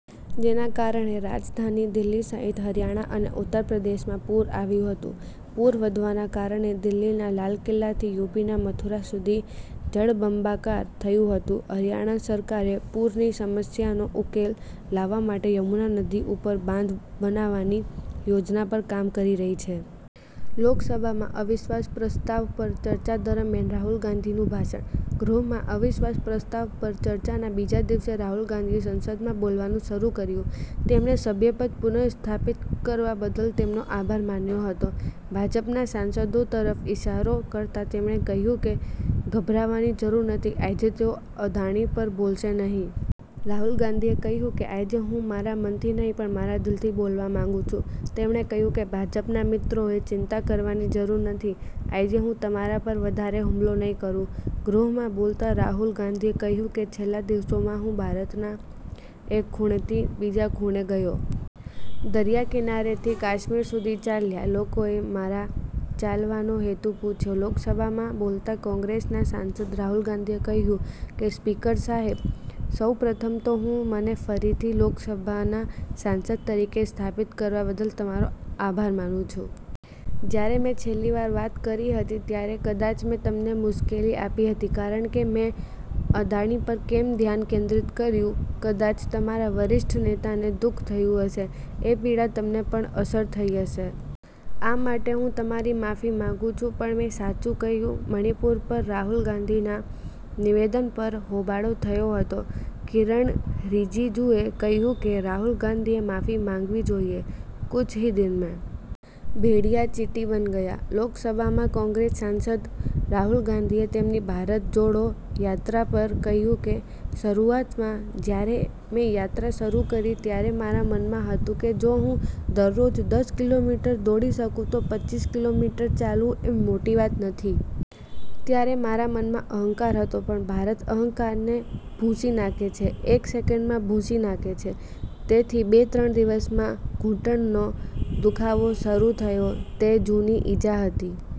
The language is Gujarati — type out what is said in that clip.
જેના કારણે રાજધાની દિલ્હી સહિત હરિયાણા અને ઉત્તર પ્રદેશમાં પુર આવ્યું હતું. પૂર વધવાના કારણે દિલ્હીના લાલ કિલ્લાથી યુપીના મથુરા સુધી જળબંબાકાર થયું હતું. હરિયાણા સરકારે પૂરની સમસ્યાનો ઉકેલ લાવવા માટે યમુના નદી ઉપર બાંધ બનાવવાની યોજના પર કામ કરી રહી છે. લોકસભામાં અવિશ્વાસ પ્રસ્તાવ પર ચર્ચા દરમિયાન રાહુલ ગાંધીનું ભાષણ. ગૃહમાં અવિશ્વાસ પ્રસ્તાવ પર ચર્ચાના બીજા દિવસે રાહુલ ગાંધીએ સંસદમાં બોલવાનું શરૂ કર્યું. તેમણે સભ્યપદ પુનઃસ્થાપિત કરવા બદલ તેમનો આભાર માન્યો હતો. ભાજપના સાંસદો તરફ ઈશારો કરતા તેમણે કહ્યું કે ગભરાવાની જરૂર નથી, આજે તેઓ અદાણી પર બોલશે નહીં. રાહુલ ગાંધીએ કહ્યું કે આજે હું મારા મનથી નહીં પણ મારા દિલથી બોલવા માંગુ છું. તેમણે કહ્યું કે ભાજપના મિત્રોએ ચિંતા કરવાની જરૂર નથી, આજે હું તમારા પર વધારે હુમલો નહીં કરું. ગૃહમાં બોલતા રાહુલ ગાંધીએ કહ્યું કે છેલ્લા દિવસોમાં હું ભારતના એક ખૂણેથી બીજા ખૂણે ગયો. દરિયાકિનારેથી કાશ્મીર સુધી ચાલ્યા. લોકોએ મારા ચાલવાનો હેતુ પૂછ્યો. લોકસભામાં બોલતા કોંગ્રેસના સાંસદ રાહુલ ગાંધીએ કહ્યું કે સ્પીકર સાહેબ, સૌ પ્રથમ તો હું મને ફરીથી લોકસભાના સાંસદ તરીકે સ્થાપિત કરવા બદલ તમારો આભાર માનું છું. જ્યારે મેં છેલ્લી વાર વાત કરી હતી ત્યારે કદાચ મેં તમને મુશ્કેલી આપી હતી કારણ કે મેં અદાણી પર કેમ ધ્યાન કેન્દ્રિત કર્યું કદાચ તમારા વરિષ્ઠ નેતાને દુઃખ થયું હશે. એ પીડા તમને પણ અસર થઈ હશે. આ માટે હું તમારી માફી માંગુ છું પણ મેં સાચું કહ્યું. મણિપુર પર રાહુલ ગાંધીના નિવેદન પર હોબાળો થયો હતો, કિરણ રિજિજુએ કહ્યું કે, રાહુલ ગાંધીએ માફી માંગવી જોઈએ. "કુછ હી દીન મે ભેડિયા ચીટી બન ગયા": લોકસભામાં કોંગ્રેસ સાંસદ રાહુલ ગાંધીએ તેમની ભારત જોડો યાત્રા પર કહ્યું કે, શરૂઆતમાં જ્યારે મેં યાત્રા શરૂ કરી ત્યારે મારા મનમાં હતું કે, જો હું દરરોજ દસ કિલોમીટર દોડી શકું તો પચ્ચીસ કિલોમીટર ચાલવું એ મોટી વાત નથી. ત્યારે મારા મનમાં અહંકાર હતો, પણ ભારત અહંકારને ભૂંસી નાખે છે, એક સેકન્ડમાં ભૂંસી નાખે છે. તેથી બે-ત્રણ દિવસમાં ઘૂંટણનો દુખાવો શરૂ થયો, તે જૂની ઈજા હતી.